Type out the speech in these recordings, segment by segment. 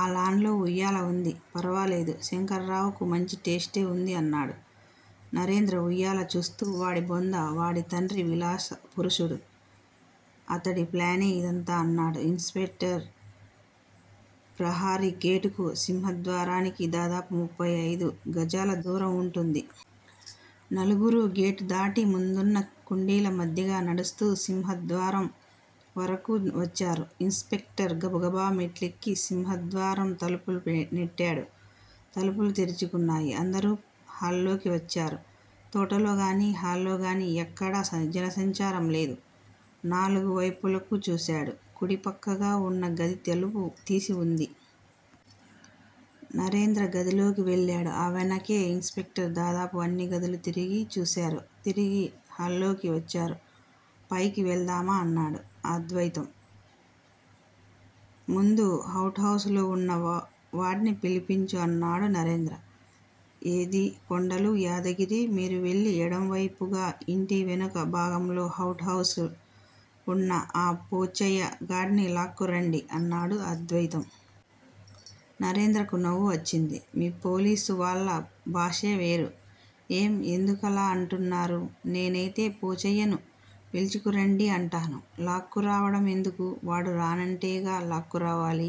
ఆ లాన్ లో ఉయ్యాల ఉంది. ఫర్వాలేదు. శంకర్రావుకు మంచి టేస్టే ఉంది అన్నాడు నరేంద్ర ఉయ్యాల చూస్తూ. వాడి బొంద. వాడి తండ్రి విలాస పురుషుడు. అతడి ప్లానే ఇదంతా అన్నాడు ఇన్స్ స్పెక్టర్. ప్రహరీ గేటుకూ, సింహద్వారానికి దాదాపు ముపై అయిదు గజాల దూరం ఉంటుంది. నలుగురూ గేటు దాటి ముందున్న కుండీల మధ్యగా నడుస్తూ సింహద్వారం వరకూ వచ్చారు. ఇన్స్ స్పెక్టర్ గబగబా మెట్లెక్కి సింహద్వారం తలుపులు నెట్టాడు. తలుపులు తెరుచుకున్నాయి. అందరూ హాల్లోకి వచ్చారు. తోటలో గానీ, హల్లోగానీ ఎక్కడా జనసంచారం లేదు. నాలుగు వైపులకూ చూశాడు. కుడి పక్కగా ఉన్న గది తలుపు తీసి ఉంది. నరేంద్ర గదిలోకి వెళ్ళాడు. ఆ వెనకే ఇన్స్ స్పెక్టర్ దాదాపు అన్ని గదులూ తిరిగి చూశారు. తిరిగి హాల్లోకి వచ్చారు. పైకి వెళ్దామా? అన్నాడు అద్వయితం. ముందు అవుట్ హౌస్ లో ఉన్న వా వాడ్ని పిలిపించు అన్నాడు నరేంద్ర. ఏది కొండలూ, యాదగిరి మీరు వెళ్ళి ఎడం వైపుగా ఇంటి వెనక భాగంలో అవుట్ హౌస్ ఉన్న ఆ పోచ్చయ్య గాడ్ని లాక్కురండీ అన్నాడు అద్వయితం. నరేంద్రకు నవ్వు వచ్చింది. మీ పోలీసు వాళ్ళ భాషే వేరు ఏం? ఎందుకలా అంటున్నారు? నేనైతే పోచ్చయ్యను పిల్చుకు రండి అంటాను. లాక్కురావడం ఎందుకూ? వాడు రానంటేగా లాక్కురావాలి.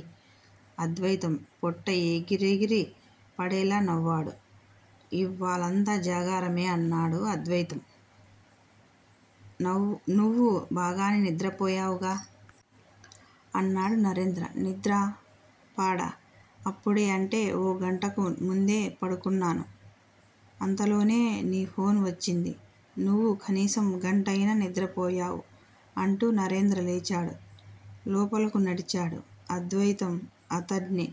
అద్వయితం పొట్ట ఎగిరెగిరి పడేలా నవ్వాడు. ఇవ్వాళంతా జాగారమే అన్నాడు అద్వయితం. నవ్వు నువ్వు బాగానే నిద్రపోయావుగా? అన్నాడు నరంద్ర. నిద్రా పాడా? అప్పుడే, అంటే ఓ గంటకు ముందే పడుకున్నాను. అంతలోనే నీ ఫోన్ వచ్చింది. నువ్వు కనీసం గంటయినా నిద్రపోయావు అంటూ నరేంద్ర లేచాడు. లోపలకు నడిచాడు. అద్వయితం అతడ్ని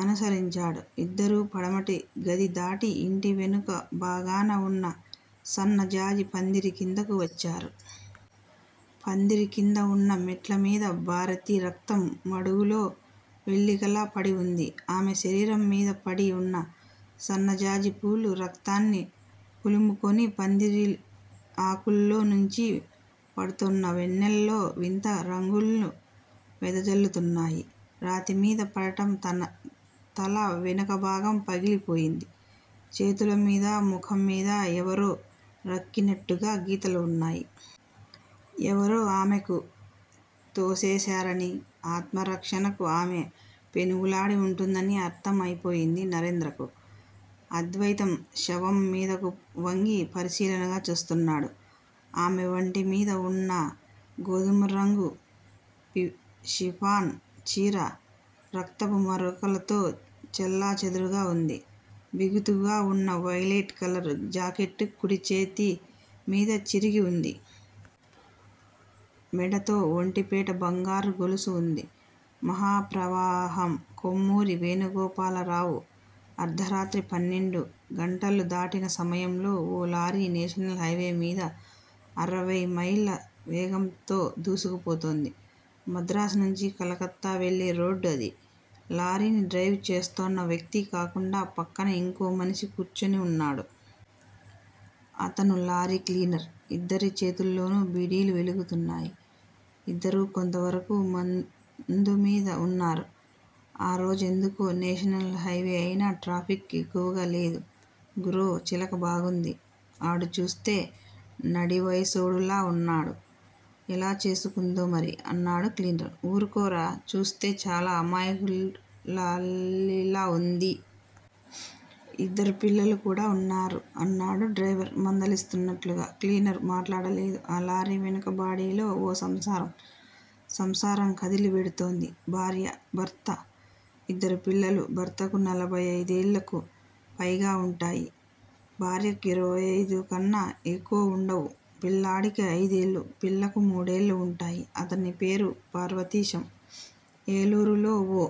అనుసరించాడు. ఇద్దరూ పడమటి గది దాటి ఇంటి వెనుక భాగాన ఉన్న సన్నజాజి పందిరి కిందకు వచ్చారు. పందిరి కింద ఉన్న మెట్లమీద భారతి రక్తం మడుగులో వెల్లికిలా పడి ఉంది. ఆమె శరీరం మీద పడి ఉన్న సన్నజాజిపూలు రక్తాన్ని పులుముకొని, పందిరి ఆకుల్లో నుంచి పడ్తోన్న వెన్నెల్లో వింత రంగుల్ను వెదజల్లుతున్నాయి. రాతిమీద పడటం తన తల వెనక భాగం పగిలిపోయింది. చేతుల మీదా, ముఖం మీదా ఎవరో రక్కినట్టుగా గీతలు ఉన్నాయి. ఎవరో ఆమెకు తోసేశారనీ, ఆత్మరక్షణకు ఆమె పెనుగులాడి ఉంటుందని అర్థం అయిపోయింది నరేంద్రకు. అద్వయితం శవం మీదకు వంగి పరిశీలనగా చూస్తున్నాడు. ఆమె వంటి మీద ఉన్నా గోధుమరంగు షిపాన్ చీర, రక్తపు మరకలతో చెల్లాచెదరుగా ఉంది. బిగుతుగా ఉన్నావైలెట్ కలర్ జాకెట్ కుడి చేతి మీద చిరిగి ఉంది. మెడతో ఒంటిపేట బంగారు గొలుసు ఉంది. మహాప్రవాహం -కొమ్మూరి వేణుగోపాలరావు అర్థరాత్రి పన్నెండు గంటలు దాటిన సమయంలో ఓ లారీ నేషనల్ హైవేమిద అరవైమైళ్ళ వేగంతో దూసుకుపోతోంది. మద్రాసు నుంచి కలకత్తా వెళ్ళే రోడ్డు అది. లారీనిడ్రైవ్ చేస్తోన్న వ్యక్తి కాకుండా ప్రక్కన ఇంకో మనిషి కూర్చుని ఉన్నాడు. అతను లారీ క్లీనర్. ఇద్దరి చేతుల్లోనూ బీడీలు వెలుగుతున్నాయి ఇద్దరూ కొంతవరకూ మా మందుమిద ఉన్నారు. ఆ రోజెందుకో నేషనల్ హైవే అయినా ట్రాఫిక్ ఎక్కువగా లేదు. గురో! చిలక బాగుంది. ఆడుచూ స్తే నడివయసోడులా ఉన్నాడు. ఎలా చేసుకుందో మరి. అన్నాడు క్లీనర్. ఊరుకోరా! చూస్తే చాలా అమాయకులాలిలా ఉంది. యిద్దరు పిల్లలుకూడా ఉన్నారు. అన్నాడు డ్రైవరు మందలిస్తూన్నట్లుగా. క్లీనర్ మాట్లాడలేదు. ఆ లారీ వెనుక బాడిలో ఓ సంసారం, సంసారం కదిలివెడుతోంది. భార్యా, భర్త, ఇద్దరు పిల్లలు. భర్తకు నలభై అయిదేళ్ళకు పైగా వుంటాయి. భార్యకు ఇరవై అయిదుకన్నాఎక్కువ ఉండవు. పిల్లాడికి అయిదేళ్ళు, పిల్లకు మూడేళ్ళు ఉంటాయి. అతని పేరుపార్వతీశం. ఏలూరులో ఓ